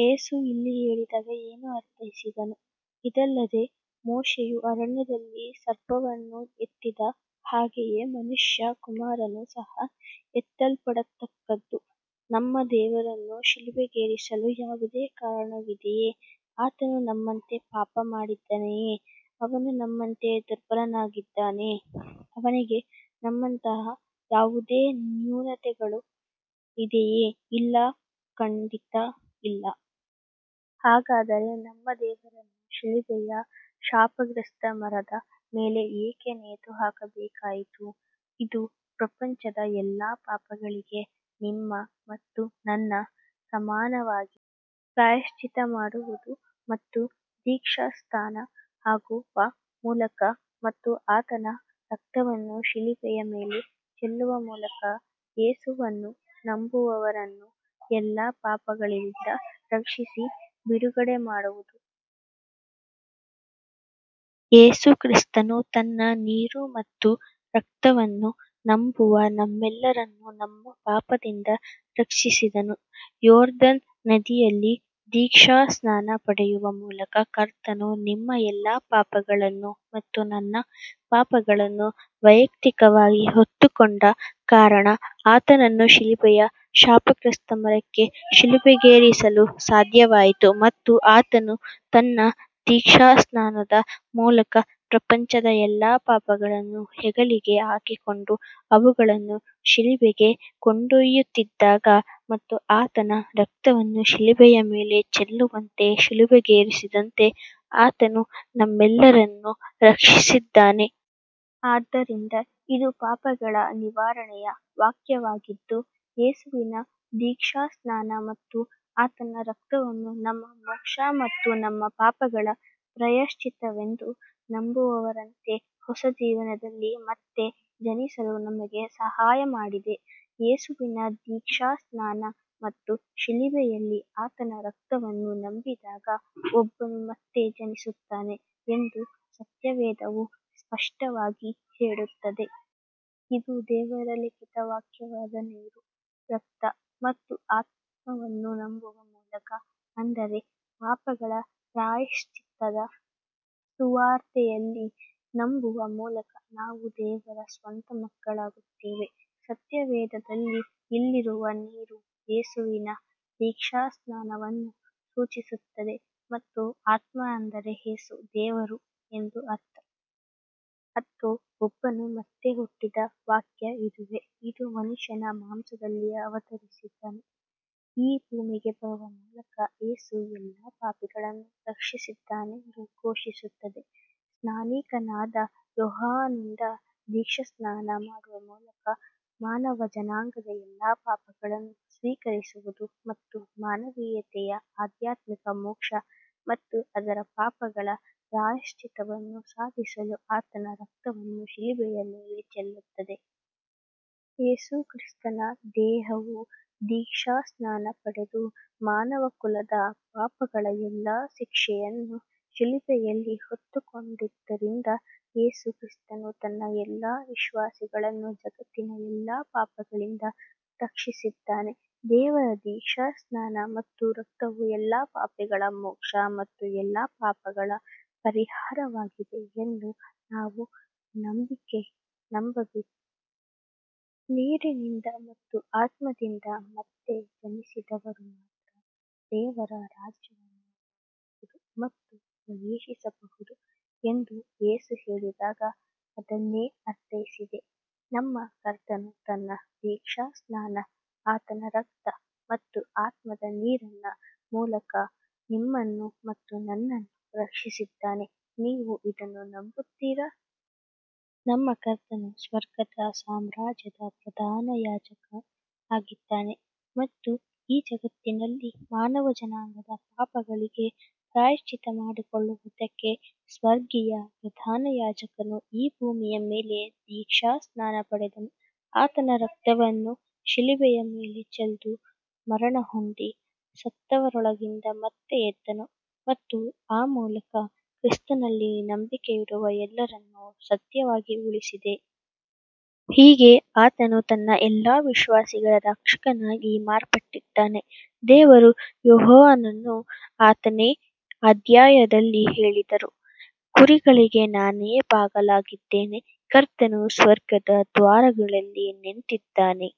ಯೇಸು ಇಲ್ಲಿ ಹೇಳಿದಾಗ ಏನು ಅರ್ಥೈಸಿದನು, "ಇದಲ್ಲದೆ ಮೋಶೆಯು ಅರಣ್ಯದಲ್ಲಿ ಸರ್ಪವನ್ನು ಎತ್ತಿದ ಹಾಗೆಯೇ ಮನುಷ್ಯ ಕುಮಾರನು ಸಹ ಎತ್ತಲ್ಪಡತಕ್ಕದ್ದು" ನಮ್ಮ ದೇವರನ್ನು ಶಿಲುಬೆಗೇರಿಸಲು ಯಾವುದೇ ಕಾರಣವಿದೆಯೇ ಆತನು ನಮ್ಮಂತೆ ಪಾಪ ಮಾಡಿದ್ದಾನೆಯೇ? ಅವನು ನಮ್ಮಂತೆ ದುರ್ಬಲನಾಗಿದ್ದನೇ? ಅವನಿಗೆ ನಮ್ಮಂತಹ ಯಾವುದೇ ನ್ಯೂನತೆಗಳು ಇದೆಯೇ? ಇಲ್ಲ ಖಂಡಿತ ಇಲ್ಲ. ಹಾಗಾದರೆ ನಮ್ಮ ದೇವರನ್ನು ಶಿಲುಬೆಯ ಶಾಪಗ್ರಸ್ತ ಮರದ ಮೇಲೆ ಏಕೆ ನೇತುಹಾಕಬೇಕಾಯಿತು? ಇದು ಪ್ರಪಂಚದ ಎಲ್ಲಾ ಪಾಪಗಳಿಗೆ, ನಿಮ್ಮ ಮತ್ತು ನನ್ನ ಸಮಾನವಾಗಿ ಪ್ರಾಯಶ್ಚಿತ್ತ ಮಾಡುವುದು ಮತ್ತು ದೀಕ್ಷಾಸ್ನಾನ ಆಗುವ ಮೂಲಕ ಮತ್ತು ಆತನ ರಕ್ತವನ್ನು ಶಿಲುಬೆಯ ಮೇಲೆ ಚೆಲ್ಲುವ ಮೂಲಕ ಯೇಸುವನ್ನು ನಂಬುವವರನ್ನು ಎಲ್ಲ ಪಾಪಗಳಿಂದ ರಕ್ಷಿಸಿ ಬಿಡುಗಡೆ ಮಾಡುವುದು. ಯೇಸು ಕ್ರಿಸ್ತನು ತನ್ನ ನೀರು ಮತ್ತು ರಕ್ತವನ್ನು ನಂಬುವ ನಮ್ಮೆಲ್ಲರನ್ನೂ ನಮ್ಮ ಪಾಪದಿಂದ ರಕ್ಷಿಸಿದನು. ಯೋರ್ದನ್ ನದಿಯಲ್ಲಿ ದೀಕ್ಷಾಸ್ನಾನ ಪಡೆಯುವ ಮೂಲಕ ಕರ್ತನು ನಿಮ್ಮ ಎಲ್ಲಾ ಪಾಪಗಳನ್ನು ಮತ್ತು ನನ್ನ ಪಾಪಗಳನ್ನು ವೈಯಕ್ತಿಕವಾಗಿ ಹೊತ್ತುಕೊಂಡ ಕಾರಣ, ಆತನನ್ನು ಶಿಲುಬೆಯ ಶಾಪಗ್ರಸ್ತ ಮರಕ್ಕೆ ಶಿಲುಬೆಗೇರಿಸಲು ಸಾಧ್ಯವಾಯಿತು; ಮತ್ತು ಆತನು ತನ್ನ ದೀಕ್ಷಾಸ್ನಾನದ ಮೂಲಕ ಪ್ರಪಂಚದ ಎಲ್ಲಾ ಪಾಪಗಳನ್ನು ಹೆಗಲಿಗೆ ಹಾಕಿಕೊಂಡು, ಅವುಗಳನ್ನು ಶಿಲುಬೆಗೆ ಕೊಂಡೊಯ್ಯುತ್ತಿದ್ದಾಗ ಮತ್ತು ಆತನ ರಕ್ತವನ್ನು ಶಿಲುಬೆಯ ಮೇಲೆ ಚೆಲ್ಲುವಂತೆ ಶಿಲುಬೆಗೇರಿಸಿದಂತೆ, ಆತನು ನಮ್ಮೆಲ್ಲರನ್ನೂ ರಕ್ಷಿಸಿದ್ದಾನೆ. ಆದ್ದರಿಂದ ಇದು ಪಾಪಗಳ ನಿವಾರಣೆಯ ವಾಕ್ಯವಾಗಿದ್ದು, ಯೇಸುವಿನ ದೀಕ್ಷಾಸ್ನಾನ ಮತ್ತು ಆತನ ರಕ್ತವನ್ನು ನಮ್ಮ ಮೋಕ್ಷ ಮತ್ತು ನಮ್ಮ ಪಾಪಗಳ ಪ್ರಾಯಶ್ಚಿತ್ತವೆಂದು ನಂಬುವವರಂತೆ ಹೊಸ ಜೀವನದಲ್ಲಿ ಮತ್ತೆ ಜನಿಸಲು ನಮಗೆ ಸಹಾಯ ಮಾಡಿದೆ. ಯೇಸುವಿನ ದೀಕ್ಷಾಸ್ನಾನ ಮತ್ತು ಶಿಲುಬೆಯಲ್ಲಿ ಆತನ ರಕ್ತವನ್ನು ನಂಬಿದಾಗ ಒಬ್ಬನು ಮತ್ತೆ ಜನಿಸುತ್ತಾನೆ ಎಂದು ಸತ್ಯವೇದವು ಸ್ಪಷ್ಟವಾಗಿ ಹೇಳುತ್ತದೆ. ಇದು ದೇವರ ಲಿಖಿತ ವಾಕ್ಯವಾದ ನೀರು, ರಕ್ತ ಮತ್ತು ಆತ್ಮವನ್ನು ನಂಬುವ ಮೂಲಕ ಅಂದರೆ, ಪಾಪಗಳ ಪ್ರಾಯಶ್ಚಿತ್ತದ ಸುವಾರ್ತೆಯಲ್ಲಿ ನಂಬುವ ಮೂಲಕ ನಾವು ದೇವರ ಸ್ವಂತ ಮಕ್ಕಳಾಗುತ್ತೇವೆ. ಸತ್ಯವೇದದಲ್ಲಿ, ಇಲ್ಲಿರುವ ನೀರು ಯೇಸುವಿನ ದೀಕ್ಷಾಸ್ನಾನವನ್ನು ಸೂಚಿಸುತ್ತದೆ ಮತ್ತು ಆತ್ಮ ಅಂದರೆ ಯೇಸು ದೇವರು ಎಂದು ಅರ್ಥ, ಮತ್ತು ಒಬ್ಬನು ಮತ್ತೆ ಹುಟ್ಟಿದ ವಾಕ್ಯ ಇದುವೇ, ಇದು ಮನುಷ್ಯನ ಮಾಂಸದಲ್ಲಿ ಅವತರಿಸಿದ ಈ ಭೂಮಿಗೆ ಬರುವ ಮೂಲಕ ಯೇಸು ಎಲ್ಲಾ ಪಾಪಿಗಳನ್ನು ರಕ್ಷಿಸಿದ್ದಾನೆಂದು ಘೋಷಿಸುತ್ತದೆ, ಸ್ನಾನಿಕನಾದ ಯೋಹಾನನಿಂದ ದೀಕ್ಷಾಸ್ನಾನ ಮಾಡುವ ಮೂಲಕ ಮಾನವ ಜನಾಂಗದ ಎಲ್ಲಾ ಪಾಪಗಳನ್ನು ಸ್ವೀಕರಿಸುವುದು, ಮತ್ತು ಮಾನವೀಯತೆಯ ಆಧ್ಯಾತ್ಮಿಕ ಮೋಕ್ಷ ಮತ್ತು ಅದರ ಪಾಪಗಳ ಪ್ರಾಯಶ್ಚಿತ್ತವನ್ನು ಸಾಧಿಸಲು ಆತನ ರಕ್ತವನ್ನು ಶಿಲುಬೆಯ ಮೇಲೆ ಚೆಲ್ಲುತ್ತದೆ. ಯೇಸುಕ್ರಿಸ್ತನ ದೇಹವು ದೀಕ್ಷಾಸ್ನಾನ ಪಡೆದು ಮಾನವಕುಲದ ಪಾಪಗಳ ಎಲ್ಲಾ ಶಿಕ್ಷೆಯನ್ನು ಶಿಲುಬೆಯಲ್ಲಿ ಹೊತ್ತುಕೊಂಡಿದ್ದರಿಂದ, ಯೇಸು ಕ್ರಿಸ್ತನು ತನ್ನ ಎಲ್ಲ ವಿಶ್ವಾಸಿಗಳನ್ನು ಜಗತ್ತಿನ ಎಲ್ಲಾ ಪಾಪಗಳಿಂದ ರಕ್ಷಿಸಿದ್ದಾನೆ. ದೇವರ ದೀಕ್ಷಾಸ್ನಾನ ಮತ್ತು ರಕ್ತವು ಎಲ್ಲಾ ಪಾಪಿಗಳ ಮೋಕ್ಷ ಮತ್ತು ಎಲ್ಲಾ ಪಾಪಗಳ ಪರಿಹಾರವಾಗಿದೆ ಎಂದು ನಾವು ನಂಬಬೇಕು. ನೀರಿನಿಂದ ಮತ್ತು ಆತ್ಮದಿಂದ ಮತ್ತೆ ಜನಿಸಿದವರು ಮಾತ್ರ ದೇವರ ರಾಜ್ಯವನ್ನು ನೋಡಬಹುದು ಮತ್ತು ಪ್ರವೇಶಿಸಬಹುದು ಎಂದು ಯೇಸು ಹೇಳಿದಾಗ ಅದನ್ನೇ ಅರ್ಥೈಸಿದೆ. ನಮ್ಮ ಕರ್ತನು ತನ್ನ ದೀಕ್ಷಾಸ್ನಾನ, ಆತನ ರಕ್ತ ಮತ್ತು ಆತ್ಮದ ನೀರಿನ ಮೂಲಕ ನಿಮ್ಮನ್ನು ಮತ್ತು ನನ್ನನ್ನು ರಕ್ಷಿಸಿದ್ದಾನೆ. ನೀವು ಇದನ್ನು ನಂಬುತ್ತೀರಾ? ನಮ್ಮ ಕರ್ತನು "ಸ್ವರ್ಗದ ಸಾಮ್ರಾಜ್ಯದ ಪ್ರಧಾನ ಯಾಜಕ" ಆಗಿದಾನೆ ಮತ್ತು ಈ ಜಗತ್ತಿನಲ್ಲಿ ಮಾನವ ಜನಾಂಗದ ಪಾಪಗಳಿಗೆ ಪ್ರಾಯಶ್ಚಿತ್ತ ಮಾಡಿಕೊಳ್ಳುವುದಕ್ಕೆ, ಸ್ವರ್ಗೀಯ ಪ್ರಧಾನ ಯಾಜಕನು ಈ ಭೂಮಿಯ ಮೇಲೆ ದೀಕ್ಷಾಸ್ನಾನ ಪಡೆದನು, ಆತನ ರಕ್ತವನ್ನು ಶಿಲುಬೆಯ ಮೇಲೆ ಚೆಲ್ದು ಮರಣ ಹೊಂದಿ, ಸತ್ತವರೊಳಗಿಂದ ಮತ್ತೆ ಎದ್ದನು, ಮತ್ತು ಆ ಮೂಲಕ ಕ್ರಿಸ್ತನಲ್ಲಿ ನಂಬಿಕೆಯಿಡುವ ಎಲ್ಲರನ್ನು ಸತ್ಯವಾಗಿ ಉಳಿಸಿದೆ. ಹೀಗೆ ಆತನು ತನ್ನ ಎಲ್ಲ ವಿಶ್ವಾಸಿಗಳ ರಕ್ಷಕನಾಗಿ ಮಾರ್ಪಟ್ಟಿದ್ದಾನೆ. ದೇವರು ಯೋಹಾನನು ಹತ್ತನೇ ಅಧ್ಯಾಯದಲ್ಲಿ ಹೇಳಿದರು, "ಕುರಿಗಳಿಗೆ ನಾನೇ ಬಾಗಲಾಗಿದ್ದೇನೆ. " ಕರ್ತನು ಸ್ವರ್ಗದ ದ್ವಾರಗಳಲ್ಲಿ ನಿಂತಿದ್ದಾನೆ.